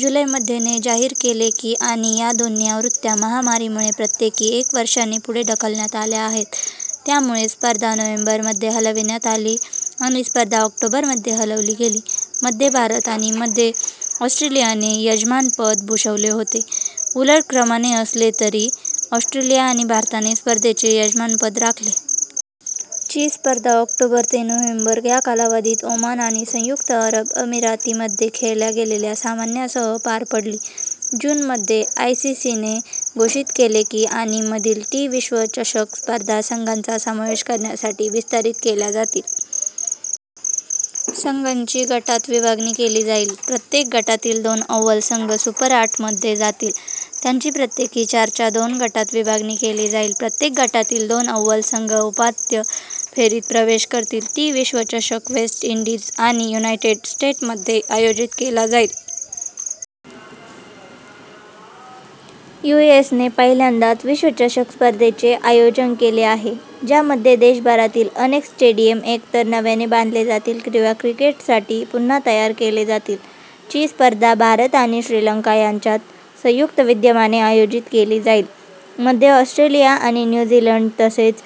जुलै मध्ये, ने जाहीर केले की आणि या दोन्ही आवृत्त्या महामारीमुळे प्रत्येकी एक वर्षाने पुढे ढकलण्यात आल्या आहेत. त्यामुळे, स्पर्धा नोव्हेंबर मध्ये हलविण्यात आली आणि स्पर्धा ऑक्टोबर मध्ये हलवली गेली. मध्ये भारत आणि मध्ये ऑस्ट्रेलियाने यजमानपद भूषवले होते, उलट क्रमाने असले तरी ऑस्ट्रेलिया आणि भारताने स्पर्धेचे यजमानपद राखले. ची स्पर्धा ऑक्टोबर ते नोव्हेंबर या कालावधीत ओमान आणि संयुक्त अरब अमिरातीमध्ये खेळल्या गेलेल्या सामन्यांसह पार पडली.। जून मध्ये, आयसीसीने घोषित केले की,, आणि मधील टी विश्वचषक स्पर्धा संघांचा समावेश करण्यासाठी विस्तारित केल्या जातील. संघांची गटात विभागणी केली जाईल, प्रत्येक गटातील दोन अव्वल संघ सुपर आठमध्ये जातील. त्यांची प्रत्येकी चारच्या दोन गटात विभागणी केली जाईल, प्रत्येक गटातील दोन अव्वल संघ उपांत्य फेरीत प्रवेश करतील. टी विश्वचषक वेस्ट इंडीज आणि युनायटेड स्टेट्समध्ये आयोजित केला जाईल. यूएसने पहिल्यांदाच विश्वचषक स्पर्धेचे आयोजन केले आहे, ज्यामध्ये देशभरातील अनेक स्टेडियम एकतर नव्याने बांधले जातील किंवा क्रिकेटसाठी पुन्हा तयार केले जातील. ची स्पर्धा भारत आणि श्रीलंका यांच्या संयुक्त विद्यमाने आयोजित केली जाईल, मध्ये ऑस्ट्रेलिया आणि न्यू झीलंडमध्ये तसेच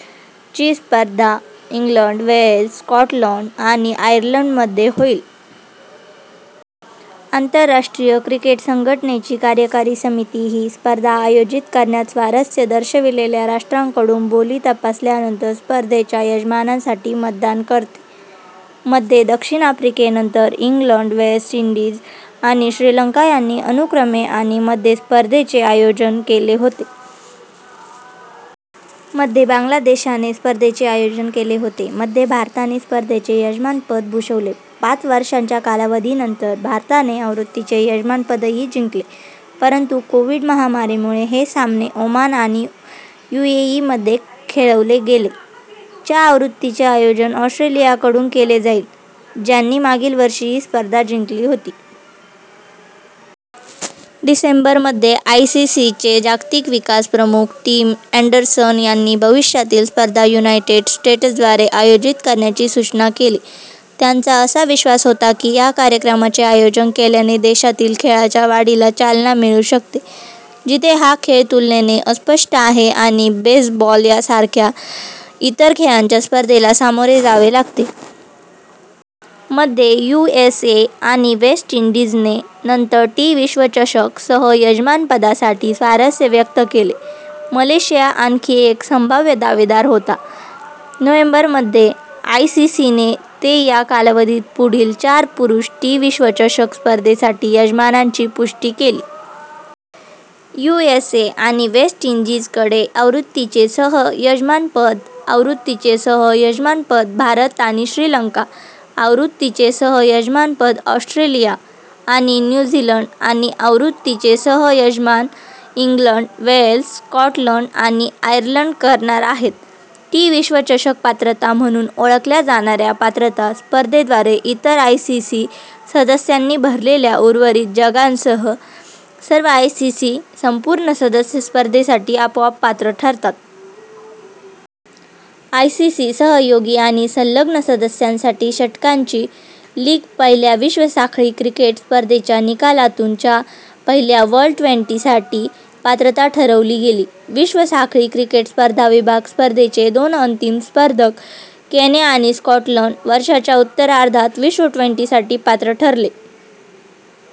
ची स्पर्धा इंग्लंड, वेल्स, स्कॉटलंड आणि आयर्लंडमध्ये होईल. आंतरराष्ट्रीय क्रिकेट संघटनेची कार्यकारी समिती ही स्पर्धा आयोजित करण्यात स्वारस्य दर्शविलेल्या राष्ट्रांकडून बोली तपासल्यानंतर स्पर्धेच्या यजमानांसाठी मतदान करते. मध्ये दक्षिण आफ्रिकेनंतर, इंग्लंड, वेस्ट इंडीज आणि श्रीलंका यांनी अनुक्रमे, आणि मध्ये स्पर्धेचे आयोजन केले होते. मध्ये बांगलादेशने स्पर्धेचे आयोजन केले होते. मध्ये भारताने स्पर्धेचे यजमानपद भूषवले. पाच वर्षांच्या कालावधीनंतर, भारताने आवृत्तीचे यजमानपदही जिंकले, परंतु कोविड- महामारीमुळे हे सामने ओमान आणि युएई मध्ये खेळवले गेले. च्या आवृत्तीचे आयोजन ऑस्ट्रेलियाकडून केले जाईल, ज्यांनी मागील वर्षी ही स्पर्धा जिंकली होती. डिसेंबर मध्ये, आयसीसीचे जागतिक विकास प्रमुख, टिम अँडरसन यांनी भविष्यातील स्पर्धा युनायटेड स्टेट्सद्वारे आयोजित करण्याची सूचना केली. त्यांचा असा विश्वास होता की या कार्यक्रमाचे आयोजन केल्याने देशातील खेळाच्या वाढीला चालना मिळू शकते, जिथे हा खेळ तुलनेने अस्पष्ट आहे आणि बेसबॉल सारख्या इतर खेळांच्या स्पर्धेला सामोरे जावे लागते. मध्ये, यूएसए आणि वेस्ट इंडीजने नंतर टी विश्वचषक सह-यजमानपदासाठी स्वारस्य व्यक्त केले, मलेशिया आणखी एक संभाव्य दावेदार होता. नोव्हेंबर मध्ये, आयसीसीने ते या कालावधीत पुढील चार पुरुष टी विश्वचषक स्पर्धेसाठी यजमानांची पुष्टी केली. यूएसए आणि वेस्ट इंडीजकडे आवृत्तीचे सह-यजमानपद, आवृत्तीचे सह-यजमानपद भारत आणि श्रीलंका, आवृत्तीचे सह-यजमानपद ऑस्ट्रेलिया आणि न्यू झीलंड आणि आवृत्तीचे सह-यजमान इंग्लंड, वेल्स, स्कॉटलंड आणि आयर्लंड करणार आहेत. टी विश्वचषक पात्रता म्हणून ओळखल्या जाणार्या पात्रता स्पर्धेद्वारे इतर आयसीसी सदस्यांनी भरलेल्या उर्वरित जागांसह, सर्व आयसीसी संपूर्ण सदस्य स्पर्धेसाठी आपोआप पात्र ठरतात. आयसीसी सहयोगी आणि संलग्न सदस्यांसाठी षटकांची लीग पहिल्या विश्व साखळी क्रिकेट स्पर्धेच्या निकालातून च्या पहिल्या वर्ल्ड ट्वेंटी साठी पात्रता ठरवली गेली. विश्व साखळी क्रिकेट स्पर्धा विभाग स्पर्धेचे दोन अंतिम स्पर्धक, केन्या आणि स्कॉटलंड, वर्षाच्या उत्तरार्धात विश्व ट्वेंटी साठी पात्र ठरले.